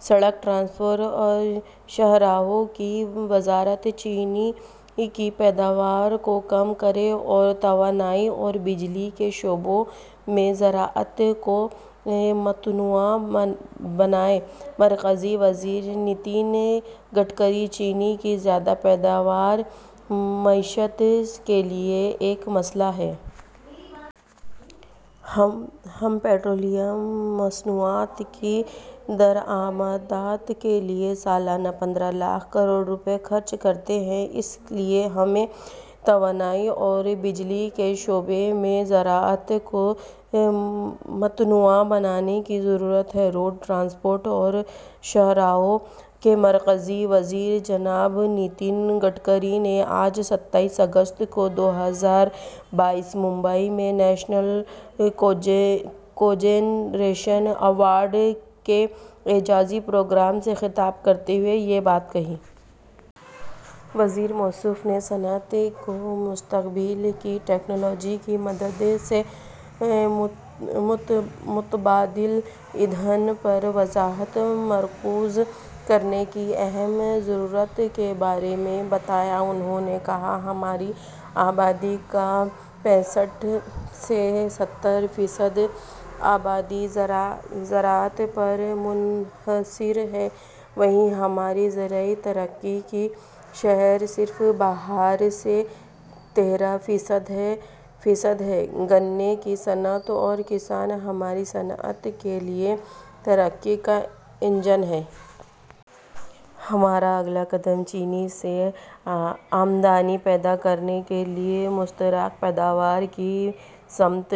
Citric transport اور شاہراہوں کی وزارت چینی کی پیداوار کو کم کریں اور توانائی اور بجلی کے شعبوں میں زراعت کو متنوع بنائیں: مرکزی وزیر نتن گڈکری چینی کی زیادہ پیداوار معیشت کے لیے ایک مسئلہ ہے۔ ہم پٹرولیم مصنوعات کی درآمدات کے لیے سالانہ پندرہ لاکھ کروڑ روپے خرچ کرتے ہیں، اس لیے ہمیں توانائی اور بجلی کے شعبوں میں زراعت کو متنوع بنانے کی ضرورت ہے۔ روڈ ٹرانسپورٹ اور شاہراہوں کے مرکزی وزیر جناب نتن گڈکری نے آج ستائیس اگست دو ہزار بائیس ممبئی میں نیشنل کوجنریشن ایوارڈ کے اعزازی پروگرام سے خطاب کرتے ہوئے یہ بات کہی۔ وزیر موصوف نے صنعت کو مستقبل کی ٹیکنالوجی کی مدد سے متبادل ایندھن پر توجہ مرکوز کرنے کی اہم ضرورت کے بارے میں بتایا۔ انہوں نے کہا ''ہماری آبادی کا پینسٹھ سے ستر فیصد آبادی زراعت پر منحصر ہے، وہیں ہماری زرعی ترقی کی شرح صرف بارہ سے تیرہ فیصد ہے؛ گنے کی صنعت اور کسان ہماری صنعت کے لیے ترقی کا انجن ہیں۔ ہمارا اگلا قدم چینی سے آمدنی پیدا کرنے کے لیے مشترکہ پیداوار کی سمت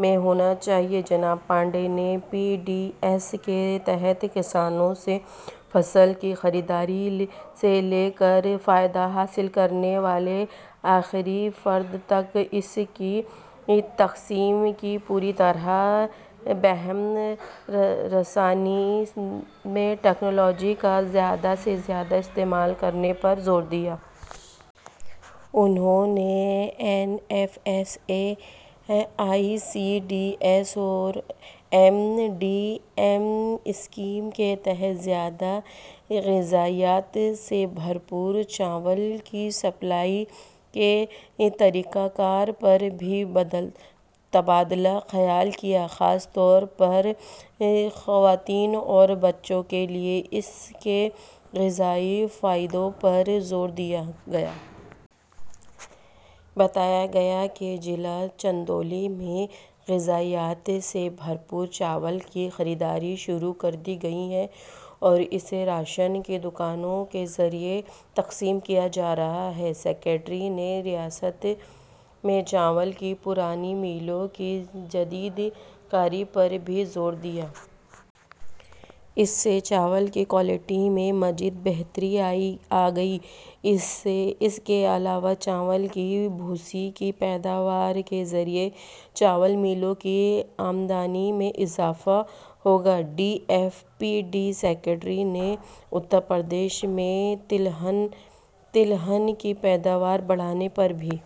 میں ہونا چاہیے۔ جناب پانڈے نے پی ڈی ایس کے تحت کسانوں سے فصل کی خریداری سے لے کر فائدہ حاصل کرنے والے آخری فرد تک اس کی تقسیم کی پوری طرح بہم رسانی میں ٹیکنالوجی کا زیادہ سے زیادہ استعمال کرنے پر زور دیا۔ انھوں نے N F S A, I C D S اور ایم ڈی ایم اسکیموں کے تحت زیادہ غذائیت سے بھرپور چاول کی سپلائی کے طریقہ کار پر بھی تبادلہ خیال کیا، خاص طور پر خواتین اور بچوں کے لئے اس کے غذائی فائدوں پر زور دیا گیا۔ بتایا گیا کہ ضلع چندولی میں غذائیت سے بھرپور چاول کی خریداری شروع کردی گئی ہے اور اسے راشن کی دوکانوں کے ذریعے تقسیم کیا جارہا ہے۔ سکریٹری نے ریاست میں چاول کی پرانی ملوں کی جدید کاری پر بھی زور دیا۔ اس سے چاول کی کوالٹی میں مزید بہتری آئے گی اس کے علاوہ چاول کی بھوسی کی پیدوار کے ذریعے چاول ملوں کی آمدنی میں اضافہ ہوگا۔ D F P D secretary نے اترپردیش میں تلہن کی پیداوار بڑھانے پر بھی.